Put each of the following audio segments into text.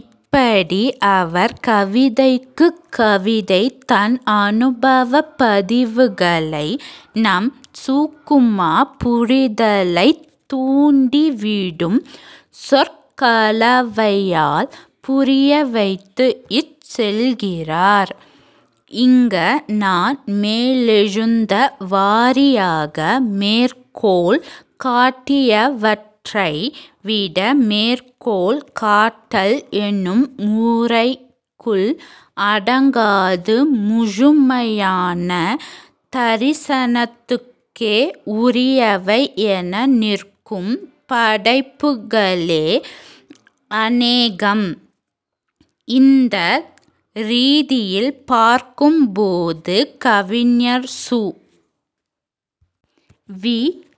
இப்படி அவர் கவிதைக்குக் கவிதை தன் அனுபவப் பதிவுகளை நம் சூக்கும புரிதலைத் தூண்டிவிடும் சொற்கலவையால் புரியவைத்துச் செல்கிறார். இங்க நான் மேலெழுந்தவாரியாக மேற்கோள் காட்டியவற்றை விட மேற்கோள் காட்டல் என்னும் முறைக்குள் அடங்காது முழுமையான தரிசனத்துக்கே உரியவை என நிற்கும் படைப்புகளே அனேகம். இந்த ரீதியில் பார்க்கும்போது கவிஞர் சு. வி.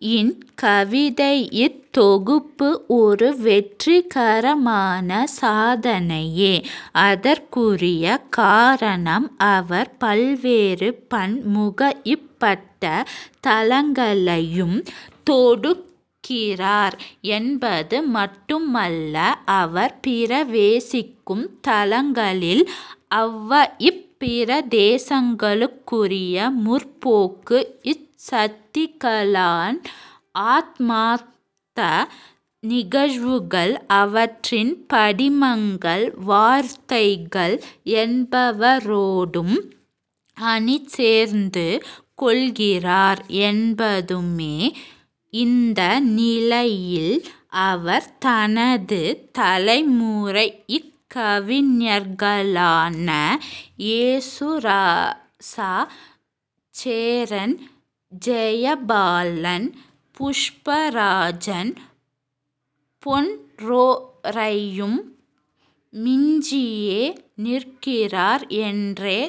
யின் கவிதைத் தொகுப்பு ஒரு வெற்றிகரமான சாதனையே. அதற்குரிய காரணம் அவர் பல்வேறு பன்முகப்பட்ட தளங்களையும் தொடுக்கிறார் என்பது மட்டுமல்ல அவர் பிரவேசிக்கும் தளங்களில் அவ்வப் பிரதேசங்களுக்குரிய முற்போக்குச் சக்திகளான ஆத்மார்த்த நிகழ்வுகள் அவற்றின் படிமங்கள் வார்த்தைகள் என்பவற்றோடும் அணிசேர்ந்துகொள்கிறார் என்பதுமே. இந்த நிலையில் அவர் தனது தலைமுறைக் கவிஞர்களான யேசுராசா சேரன் ஜெயபாலன் புஷ்பராஜன் போன்றோரையும் மிஞ்சியே நிற்கிறார் என்றே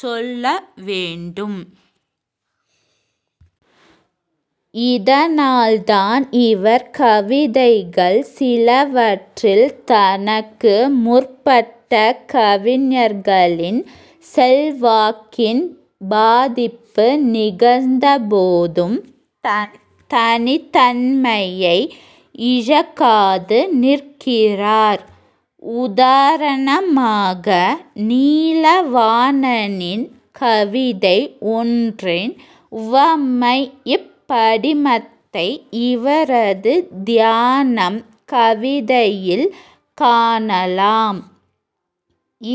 சொல்லவேண்டும். இதனால்தான் இவர் கவிதைகள் சிலவற்றில் தனக்கு முற்பட்ட கவிஞர்களின் செல்வாக்கின் பாதிப்பு நிகழ்ந்தபோதும் தன் தனித்தன்மையை இழக்காது நிற்கிறார். உதாரணமாக நீலா வாணனின் கவிதை ஒன்றின் உவமைப் படிமத்தை இவரது தியானம் கவிதையில் காணலாம்.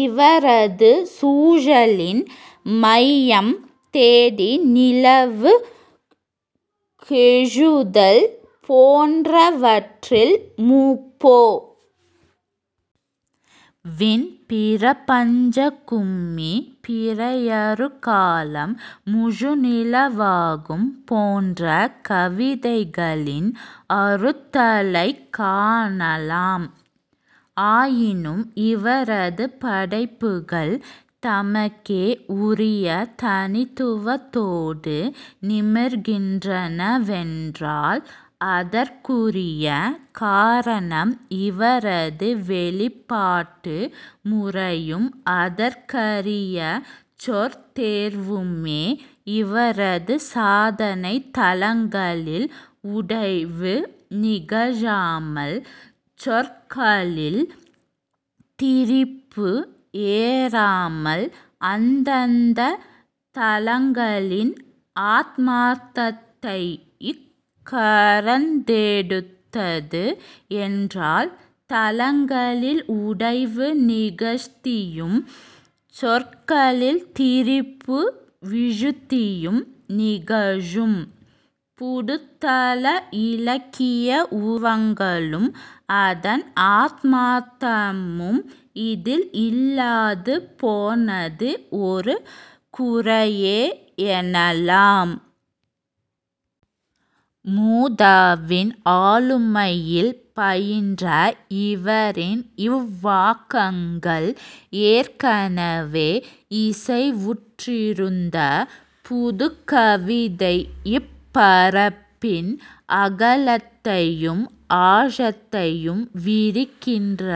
இவரது சூழலின் மையம் தேடி நிலவுக் கெழுதல் போன்றவற்றில் மு. பொ. வின் பிரபஞ்சக்கும்மி பிறையருகாலம் முழுநிலவாகும் போன்ற கவிதைகளின் அருட்டலைக் காணலாம். ஆயினும் இவரது படைப்புகள் தமக்கே உரிய தனித்துவத்தோடு நிமிர்கின்றனவென்றால் அதற்குரிய காரணம் இவரது வெளிப்பாட்டு முறையும் அதற்கரிய சொற் தேர்வுமே. இவரது சாதனை தளங்களில் உடைவு நிகழாமல் சொற்களில் திரிபு ஏறாமல் அந்தந்தத் தளங்களின் ஆத்மார்த்தத்தைக் கறந்தெடுத்தது என்றால் தளங்களில் உடைவு நிகழ்த்தியும் சொற்களில் திரிபு விழுத்தியும் நிகழும் புதுத்தள இலக்கிய உருவங்களும் அதன் ஆத்மார்த்தமும் இதில் இல்லாது போனது ஒரு குறையே எனலாம். மு. த. வின் ஆளுமையில் பயின்ற இவரின் இவ்வாக்கங்கள் ஏற்கனவே இசைவுற்றிருந்த புதுக்கவிதைப் பரப்பின் அகலத்தையும் ஆழத்தையும் விரிக்கின்ற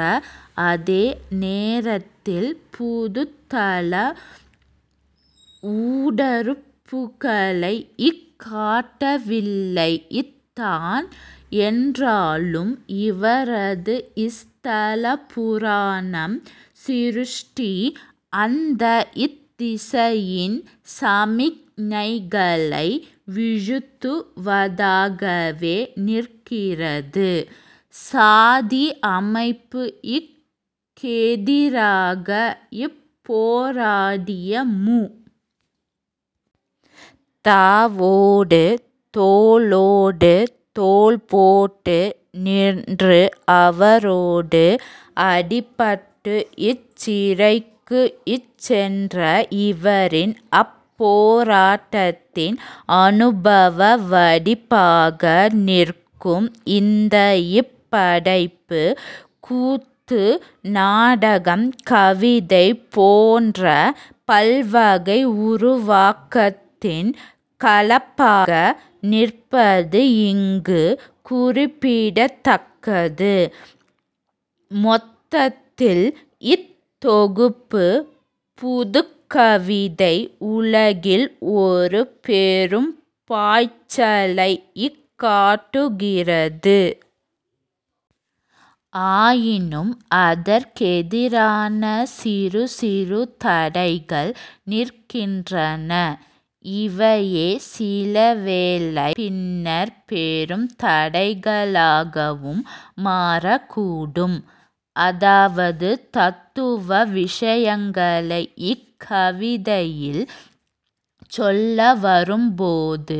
அதே நேரத்தில் புதுத்தள ஊடறுப்புகளைக் காட்டவில்லைத்தான். என்றாலும் இவரது ஸ்தல புராணம் சிருஷ்டி அந்தத் திசையின் சமிக்ஞைகளை விழுத்துவதாகவே நிற்கிறது. சாதி அமைப்புக் கெதிராகப் போராடிய மு. த. வோடு தோளோடு தோள்போட்டு நின்று அவரோடு அடிபட்டுச் சிறைக்குச்சென்ற இவரின் அப்போராட்டத்தின் அனுபவ வடிப்பாக நிற்கும் இந்தப் படைப்பு, கூத்து நாடகம் கவிதை போன்ற பல்வகை உருவாக்கத்தின் கலப்பாக நிற்பது இங்கு குறிப்பிடத்தக்கது. மொத்தத்தில் இத் தொகுப்பு புதுக்கவிதை உலகில் ஒரு பெரும் பாய்ச்சலைக் காட்டுகிறது. ஆயினும் அதற்கெதிராக சிறு சிறு தடைகள் நிற்கின்றன. இவையே சிலவேளை பின்னர் பெரும் தடைகளாகவும் மாறக்கூடும். அதாவது தத்துவ விஷயங்களைக் கவிதையில் சொல்லவரும்போது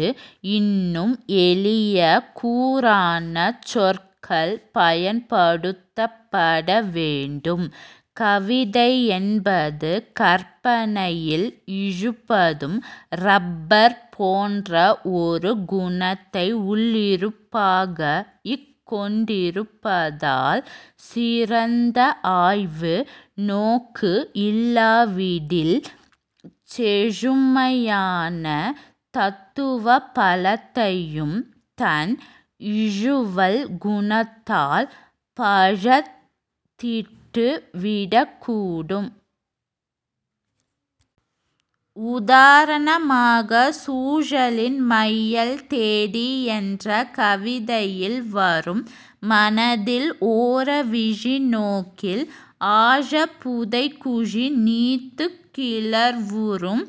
இன்னும் எளிய கூரான சொற்கள் பயன்படுத்தப்படவேண்டும். கவிதை என்பது கற்பனையில் இழுபடும் றப்பர் போன்ற ஒரு குணத்தை உள்ளிருப்பாகக் கொண்டிருப்பதால் சிறந்த ஆய்வு நோக்கு இல்லாவிடில் செழுமையான தத்துவ பலத்தையும் தன் இழுவல் குணத்தால் பாழடித்து விடக்கூடும். உதாரணமாக சுழலின் மையல் தேடி என்ற கவிதையில் வரும் மனதில் ஓரவிழி நோக்கில் ஆழப் புதைகுழி நீத்துக் கிளர்வுறும்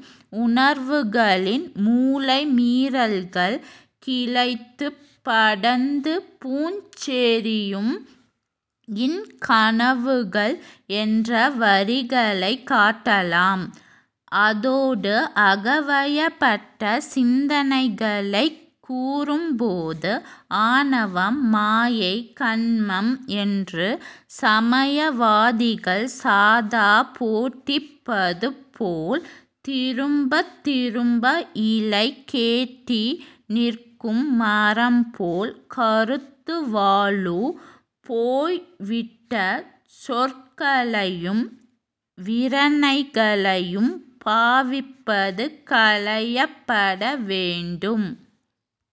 உணர்வுகளின் முளை மீறல்கள் கிளைத்துப் படர்ந்து பூச்சொரியும் இன் கனவுகள் என்ற வரிகளைக் காட்டலாம். அதோடு அகவயப்பட்ட சிந்தனைகளைக் கூறும்போது ஆணவம் மாயை கன்மம் என்று சமயவாதிகள் சதா போட்டடிப்பதுபோல் திரும்பத் திரும்ப இலை கொட்டி நிற்கும் மரம்போல் கருத்துவலுப் போய்விட்ட சொற்களையும் விரணைகளையும் பாவிப்பது களையப்பட வேண்டும்.